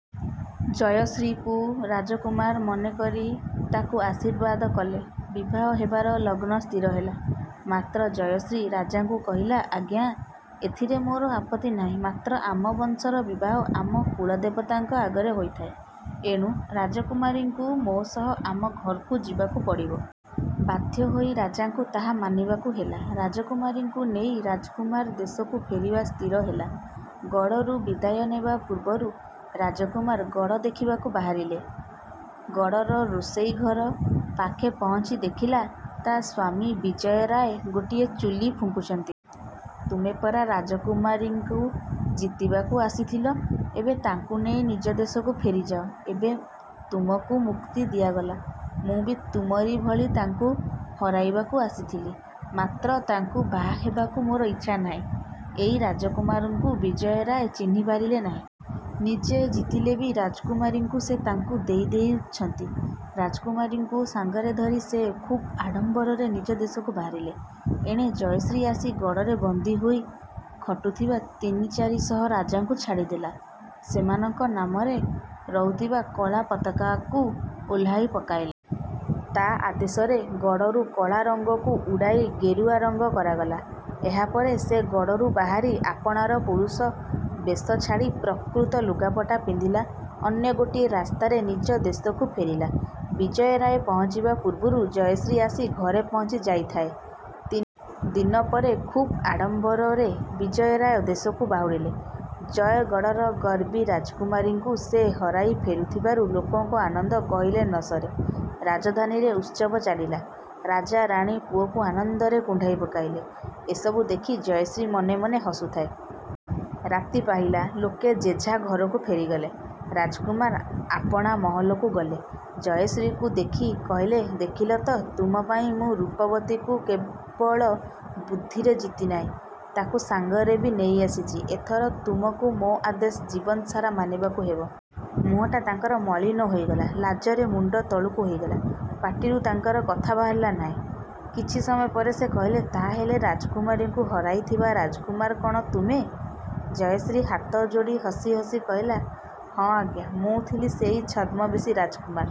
ଜୟଶ୍ରୀକୁ ରାଜକୁମାର ମନେ କରି ତାଙ୍କୁ ଆଶୀର୍ବାଦ କଲେ। ବିବାହ ହେବାର ଲଗ୍ନ ସ୍ଥିର ହେଲା। ମାତ୍ର ଜୟଶ୍ରୀ ରାଜାଙ୍କୁ କହିଲା, ଆଜ୍ଞା, ଏଥିରେ ମୋର ଆପତ୍ତି ନାହିଁ, ମାତ୍ର ଆମ ବଂଶର ବିବାହ ଆମ କୁଳଦେବତାଙ୍କ ଆଗରେ ହୋଇଥାଏ। ଏଣୁ ରାଜକୁମାରୀଙ୍କୁ ମୋ ସହ ଆମ ଘରକୁ ଯିବାକୁ ପଡ଼ିବ। ବାଧ୍ୟ ହୋଇ ରାଜାଙ୍କୁ ତାହା ମାନିବାକୁ ହେଲା। ରାଜକୁମାରୀକୁ ନେଇ ରାଜକୁମାର ଦେଶକୁ ଫେରିବା ସ୍ଥିର ହେଲା। ଗଡ଼ରୁ ବିଦାୟ ନେବା ପୂର୍ବରୁ ରାଜକୁମାର ଗଡ଼ ଦେଖିବାକୁ ବାହାରିଲା। ଗଡ଼ର ରୋଷେଇ ଘର ପାଖେ ପହଞ୍ଚି ଦେଖିଲା, ତା ସ୍ୱାମୀ ବିଜୟ ରାୟ ଗୋଟିଏ ଚୁଲି ଫୁଙ୍କୁଛନ୍ତି। ତୁମେ ପରା ରାଜକୁମାରୀକୁ ଜିତିବାକୁ ଆସିଥିଲ? ଏବେ ତାଙ୍କୁ ନେଇ ନିଜ ଦେଶକୁ ଫେରିଯାଅ। ଏବେ ତୁମକୁ ମୁକ୍ତି ଦିଆଗଲା। ମୁଁ ବି ତୁମରି ଭଳି ତାଙ୍କୁ ହରାଇବାକୁ ଆସିଥିଲି, ମାତ୍ର ତାଙ୍କୁ ବାହା ହେବାକୁ ମୋର ଇଚ୍ଛା ନାହିଁ। ଏଇ ରାଜକୁମାରଙ୍କୁ ବିଜୟ ରାୟ ଚିହ୍ନି ପାରିଲେ ନାହିଁ। ନିଜେ ଜିତିଲେ ବି ରାଜକୁମାରୀଙ୍କୁ ସେ ତାଙ୍କୁ ଦେଇଦେଉଛନ୍ତି। ରାଜକୁମାରୀଙ୍କୁ ସାଙ୍ଗରେ ଧରି ସେ ଖୁବ୍ ଆଡ଼ମ୍ବରରେ ନିଜ ଦେଶକୁ ବାହାରିଲେ। ଏଣେ ଜୟଶ୍ରୀ ଆସି ଗଡ଼ରେ ବନ୍ଦୀ ହୋଇ ଖଟୁଥିବା ତିନି ଚାରି ଶହ ରାଜାଙ୍କୁ ଛାଡ଼ିଦେଲା। ସେମାନଙ୍କ ନାମରେ ଉଡ଼ୁଥିବା କଳା ପତାକାକୁ ଓହ୍ଳାଇ ପକାଇଲା। ତା ଆଦେଶରେ ଗଡ଼ରୁ କଳା ରଙ୍ଗକୁ ଉଡ଼ାଇ ଗେରୁଆ ରଙ୍ଗ କରାଗଲା। ଏହା ପରେ ସେ ଗଡ଼ରୁ ବାହାରି ଆପଣାର ପୁରୁଷ ବେଶ ଛାଡ଼ି ପ୍ରକୃତ ଲୁଗାପଟା ପିନ୍ଧିଲା। ଅନ୍ୟ ଗୋଟିଏ ରାସ୍ତାରେ ନିଜ ଦେଶକୁ ଫେରିଲା। ବିଜୟ ରାୟ ପହଞ୍ଚିବା ପୂର୍ବରୁ ଜୟଶ୍ରୀ ଆସି ଘରେ ପହଞ୍ଚି ଯାଇଥାଏ। ତିନି ଦିନ ପରେ ଖୁବ୍ ଆଡ଼ମ୍ବରରେ ବିଜୟ ରାୟ ଦେଶକୁ ବାହୁଡ଼ିଲେ। ଜୟଗଡ଼ର ଗର୍ବୀ ରାଜକୁମାରୀଙ୍କୁ ସେ ହରାଇ ଫେରୁଥିବାରୁ ଲୋକଙ୍କ ଆନନ୍ଦ କହିଲେ ନ ସରେ। ରାଜଧାନୀରେ ଉତ୍ସବ ଚାଲିଲା। ରାଜା ରାଣୀ ପୁଅକୁ ଆନନ୍ଦରେ କୁଣ୍ଢାଇ ପକାଇଲେ। ଏସବୁ ଦେଖି ଜୟଶ୍ରୀ ମନେ ମନେ ହସୁଥାଏ। ରାତି ପାହିଲା। ଲୋକେ ଯେଝା ଘରକୁ ଫେରିଗଲେ। ରାଜକୁମାର ଆପଣା ମହଲକୁ ଗଲେ। ଜୟଶ୍ରୀକୁ ଦେଖି କହିଲେ, ଦେଖିଲ ତ ତୁମ ପାଇଁ ମୁଁ ରୂପବତୀକୁ କେବଳ ବୁଦ୍ଧିରେ ଜିତିନାହିଁ, ତାକୁ ସାଙ୍ଗରେ ବି ନେଇଆସିଛି। ଏଥର ତୁମକୁ ମୋ ଆଦେଶ ଜୀବନ ସାରା ମାନିବାକୁ ହେବ। ମୁହଁଟା ତାଙ୍କର ମଳିନ ହୋଇଗଲା। ଲାଜରେ ମୁଣ୍ଡ ତଳକୁ ହୋଇଗଲା। ପାଟିରୁ ତାଙ୍କର କଥା ବାହାରିଲା ନାହିଁ। କିଛି ସମୟ ପରେ ସେ କହିଲେ, ତାହା ହେଲେ, ରାଜକୁମାରୀକୁ ହରାଇଥିବା ରାଜକୁମାର କ'ଣ ତୁମେ? ଜୟଶ୍ରୀ ହାତ ଯୋଡ଼ି ହସି ହସି କହିଲା, ହଁ ଆଜ୍ଞା, ମୁଁ ଥିଲି ସେଇ ଛଦ୍ମବେଶୀ ରାଜକୁମାର।